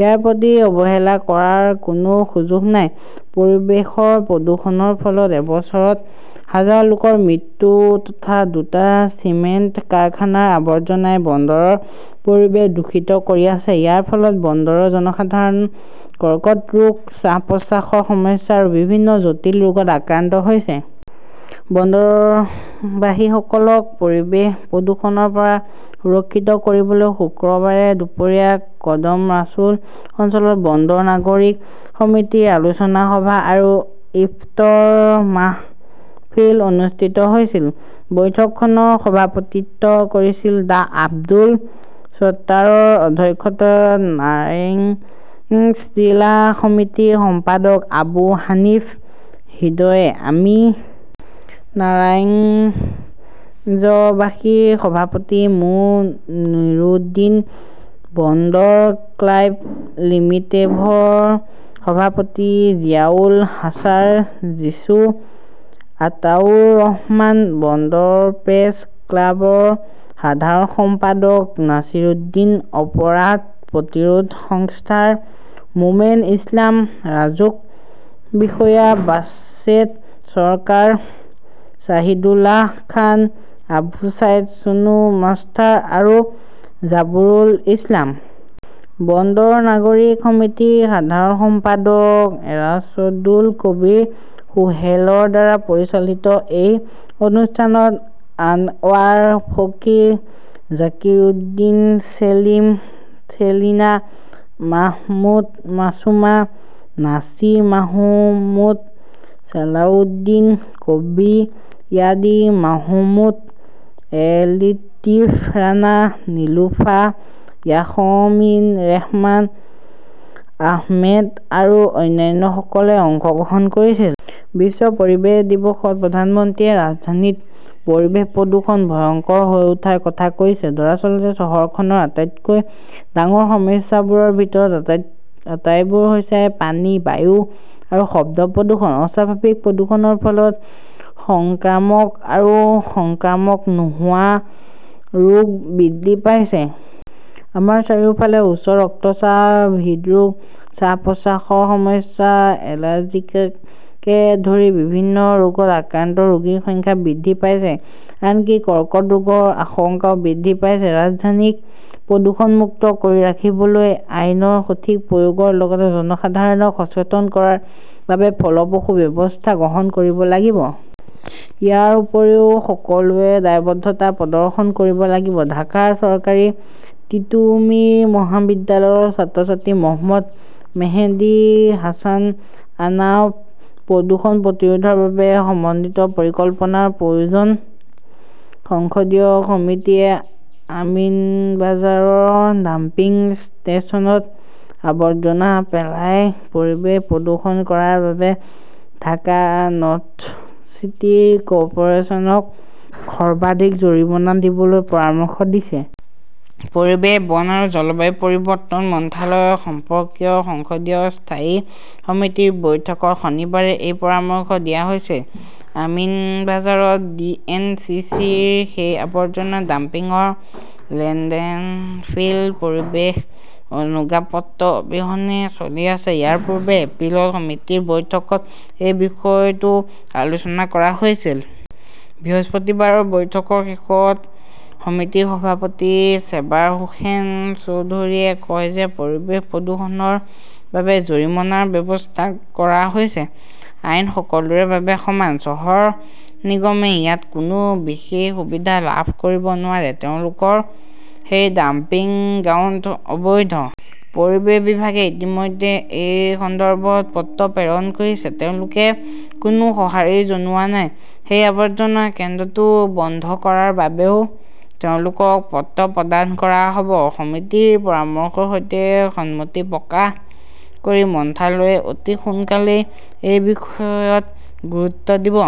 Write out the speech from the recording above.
ইয়াৰ প্ৰতি অৱহেলা কৰাৰ কোনো সুযোগ নাই। পৰিৱেশৰ প্ৰদূষণৰ ফলত এবছৰত হাজাৰ লোকৰ মৃত্যু তথা দুটা চিমেণ্ট কাৰখানাৰ আৱৰ্জনাই বন্দৰৰ পৰিৱেশ দূষিত কৰি আছে। ইয়াৰ ফলত বন্দৰৰ জনসাধাৰণৰ কৰ্কট ৰোগ, শ্বাস-প্ৰশ্বাসৰ সমস্যা আৰু বিভিন্ন জটিল ৰোগত আক্ৰান্ত হৈছে। বন্দৰবাসীসকলক পৰিৱেশ প্ৰদূষণৰ পৰা সুৰক্ষিত কৰিবলৈ শুকুৰবাৰে দুপৰীয়া কদম ৰাছুল অঞ্চলত বন্দৰ নাগৰিক সমিতিৰ আলোচনা সভা আৰু ইফতৰ মাহফিল অনুষ্ঠিত হৈছিল। বৈঠকখনৰ সভাপতিত্ব কৰিছিল ডাঃ আব্দুল ছট্টাৰৰ অধ্যক্ষতাত নাৰাংইজ জিলা সমিতিৰ সম্পাদক আবু হানিফ হৃদয়ে। আমি নাৰাংইজবাসীৰ সভাপতি মো. নুৰুদ্দিন, বন্দৰ ক্লাব লিমিটেডৰ সভাপতি জিয়াউল হাছাৰ জিছু, আতাউৰ ৰহমান, বন্দৰ প্ৰেছ ক্লাবৰ সাধাৰণ সম্পাদক নাছিৰুদ্দিন অপৰাধ প্ৰতিৰোধ সংস্থাৰ মোমেন ইছলাম, ৰাজুক বিষয়া বাছেড চৰকাৰ, শ্বাহিদুল্লাহ খান, আবু ছাইদ চুনু মাষ্টাৰ আৰু জাবৰুল ইছলাম। বন্দৰ নাগৰিক সমিতিৰ সাধাৰণ সম্পাদক এৰশ্বাদুল কবীৰ সোহেলৰ দ্বাৰা পৰিচালিত এই অনুষ্ঠানত আনৱাৰ ফকীৰ, জাকিৰউদ্দিন ছেলিম, চেলিনা মাহমুদ মাছুমা, নাছিৰ মাহমুদ, চালাউদ্দিন, কবি য়াদি মাহমুদ, এ লতিফ ৰাণা, নিলুফা য়াসমিন ৰেশমা আহমেদ আৰু অন্যান্যসকলে অংশগ্ৰহণ কৰিছিল। বিশ্ব পৰিৱেশ দিৱসত প্ৰধানমন্ত্ৰীয়ে ৰাজধানীত পৰিৱেশ প্ৰদূষণ ভয়ংকৰ হৈ উঠাৰ কথা কৈছে। দৰাচলতে, চহৰখনৰ আটাইতকৈ ডাঙৰ সমস্যাবোৰৰ ভিতৰত আটাইবোৰ হৈছে পানী, বায়ু আৰু শব্দ প্ৰদূষণ। অস্বাভাৱিক প্ৰদূষণৰ ফলত সংক্ৰামক আৰু সংক্ৰামক নোহোৱা ৰোগ বৃদ্ধি পাইছে। আমাৰ চাৰিওফালে উচ্চ ৰক্তচাপ, হৃদৰোগ, শ্বাস-প্ৰশ্বাসৰ সমস্যা, এলাৰ্জিকে ধৰি বিভিন্ন ৰোগত আক্ৰান্ত ৰোগীৰ সংখ্যা বৃদ্ধি পাইছে; আনকি কৰ্কট ৰোগৰ আশংকাও বৃদ্ধি পাইছে। ৰাজধানীক প্ৰদূষণমুক্ত কৰি ৰাখিবলৈ আইনৰ সঠিক প্ৰয়োগৰ লগতে জনসাধাৰণক সচেতন কৰাৰ বাবে ফলপ্ৰসূ ব্যৱস্থা গ্ৰহণ কৰিব লাগিব। ইয়াৰ উপৰিও সকলোৱে দায়বদ্ধতা প্ৰদৰ্শন কৰিব লাগিব। ঢাকাৰ চৰকাৰী তিতুমীৰ মহাবিদ্যালয়ৰ ছাত্ৰ-ছাত্ৰী মহম্মদ মেহেদী হাছান আৰ্নাব। প্ৰদূষণ প্ৰতিৰোধৰ বাবে সমন্বিত পৰিকল্পনাৰ প্ৰয়োজন সংসদীয় সমিতিয়ে আমিনবাঝাৰৰ ডাম্পিং ষ্টেচনত আৱৰ্জনা পেলাই পৰিৱেশ প্ৰদূষণ কৰাৰ বাবে ঢাকা নৰ্থ চিটি কৰ্পোৰেচনক সৰ্বাধিক জৰিমনা দিবলৈ পৰামৰ্শ দিছে। পৰিৱেশ, বন আৰু জলবায়ু পৰিৱৰ্তন মন্ত্ৰালয় সম্পৰ্কীয় সংসদীয় স্থায়ী সমিতিৰ বৈঠকত শনিবাৰে এই পৰামৰ্শ দিয়া হৈছিল। আমিনবাঝাৰত ডি. এন. চি. চি. -ৰ সেই আৱৰ্জনা ডাম্পিংৰ লেণ্ডফিল পৰিৱেশ অনুজ্ঞাপত্ৰ অবিহনে চলি আছে। ইয়াৰ পূৰ্বে এপ্ৰিলত সমিতিৰ বৈঠকত এই বিষয়টো আলোচনা কৰা হৈছিল। বৃহস্পতিবাৰৰ বৈঠকৰ শেষত সমিতিৰ সভাপতি চেবাৰ হোসেন চৌধুৰীয়ে কয় যে পৰিৱেশ প্ৰদূষণৰ বাবে জৰিমনাৰ ব্যৱস্থা কৰা হৈছে। আইন সকলোৰে বাবে সমান। চহৰ নিগমে ইয়াত কোনো বিশেষ সুবিধা লাভ কৰিব নোৱাৰে। তেওঁলোকৰ সেই ডাম্পিং গ্ৰাউণ্ড অবৈধ। পৰিৱেশ বিভাগে ইতিমধ্যে এই সন্দৰ্ভত পত্ৰ প্ৰেৰণ কৰিছে, তেওঁলোকে কোনো সঁহাৰি জনোৱা নাই। সেই আৱৰ্জনা কেন্দ্ৰটো বন্ধ কৰাৰ বাবেও তেওঁলোকক পত্ৰ প্ৰদান কৰা হ'ব। সমিতিৰ পৰামৰ্শৰ সৈতে সন্মতি প্ৰকাশ কৰি মন্ত্ৰালয়ে অতি সোনকালেই এই বিষয়ত গুৰুত্ব দিব।